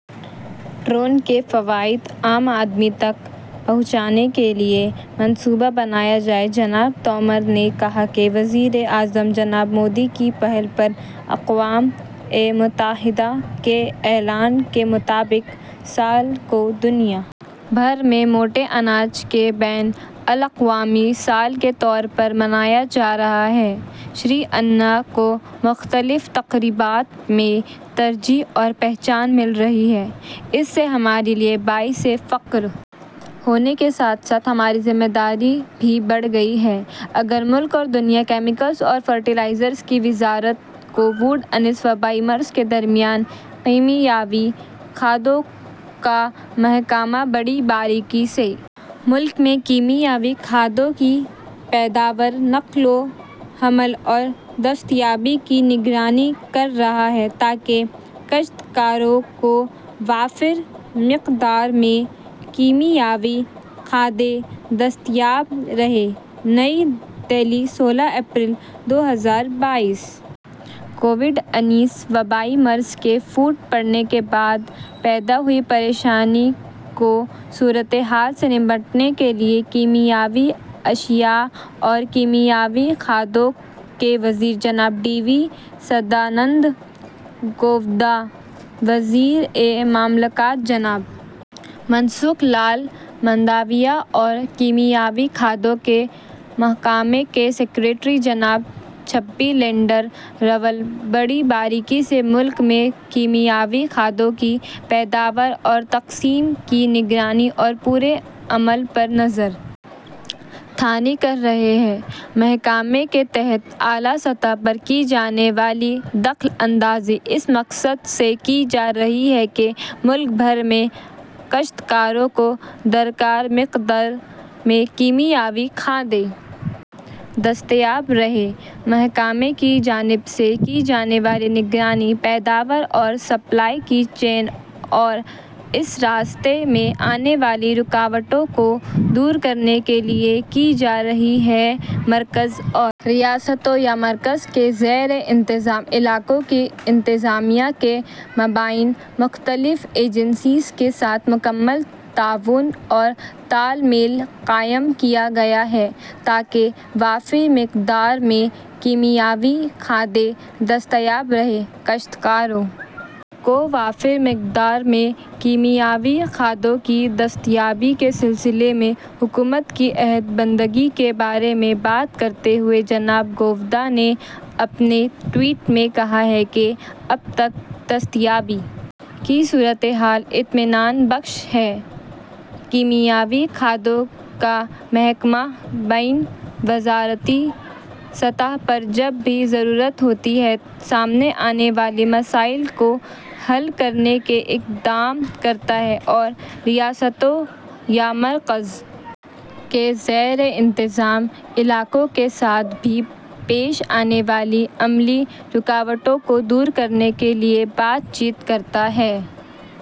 drone کے فوائد عام آدمی تک پہنچانے کے لیے منصوبہ بنایا جائے جناب تومر نے کہا کہ وزیر اعظم جناب مودی کی پہل پر اقوام متحدہ کے اعلان کے مطابق سال کو دنیا بھر میں موٹے اناج کے بین الاقوامی سال کے طور پر منایا جا رہا ہے شری ان کو مختلف تقریبات میں ترجیح اور پہچان مل رہی ہے اس سے ہمارے لیے باعث فخر ہونے کے ساتھ ساتھ ہماری ذمہ داری بھی بڑھ گئی ہے اگر ملک اور دنیا کیمیکلز اور فرٹیلائزر کی وزارت کووڈ انیس وبائی مرض کے درمیان کیمیاوی کھادوں کا محکمہ بڑی باریکی سے ملک میں کیمیاوی کھادوں کی پیداوار نقل و حمل اور دستیابی کی نگرانی کر رہا ہے تاکہ کاشتکاروں کو وافر مقدار میں کیمیاوی کھادیں دستیاب رہیں نئی دہلی سولہ اپریل دو ہزار بائیس کووڈ انیس وبائی مرض کے پھوٹ پڑنے کے بعد پیدا ہوئی پریشان کن صورتحال سے نمٹنے کے لیے کیمیاوی اشیا اور کیمیاوی کھادوں کے وزیر جناب ڈی وی سدانند گوڑا وزیر مملکت جناب من سکھ لال منڈاویہ اور کیمیاوی کھادوں کے محکمے کے سکریٹری جناب چھبی لیندر راؤل بڑی باریکی سے ملک میں کیمیاوی کھادوں کی پیداوار اور تقسیم کی نگرانی اور پورے عمل پر نظر ثانی کر رہے ہیں محکمے کے تحت اعلیٰ سطح پر کی جانے والی دخل اندازی اس مقصد سے کی جا رہی ہے کہ ملک بھر میں کاشتکاروں کو درکار مقدار میں کیمیاوی کھادیں دستیاب رہیں محکمے کی جانب سے کی جانے والی نگرانی پیداوار اور سپلائی کی چین اور اس راستے میں آنے والی رکاوٹوں کو دور کرنے کے لیے کی جا رہی ہے مرکز اور ریاستوں یا مرکز کے زیر انتظام علاقوں کی انتظامیہ کے مابین مختلف ایجنسیوں کے ساتھ مکمل تعاون اور تال میل قائم کیا گیا ہے تاکہ وافر مقدار میں کیمیاوی کھادیں دستیاب رہیں کاشتکاروں کو وافر مقدار میں کیمیاوی کھادوں کی دستیابی کے سلسلے میں حکومت کی عہد بندگی کے بارے میں بات کرتے ہوئے جناب گوڑا نے اپنے ٹویٹ میں کہا ہے کہ اب تک دستیابی کی صورتحال اطمینان بخش ہے کیمیاوی کھادوں کا محکمہ بین وزارتی سطح پر جب بھی ضرورت ہوتی ہے سامنے آنے والے مسائل کو حل کرنے کے اقدام کرتا ہے اور ریاستوں یا مرکز کے زیر انتظام علاقوں کے ساتھ بھی پیش آنے والی عملی رکاوٹوں کو دور کرنے کے لیے بات چیت کرتا ہے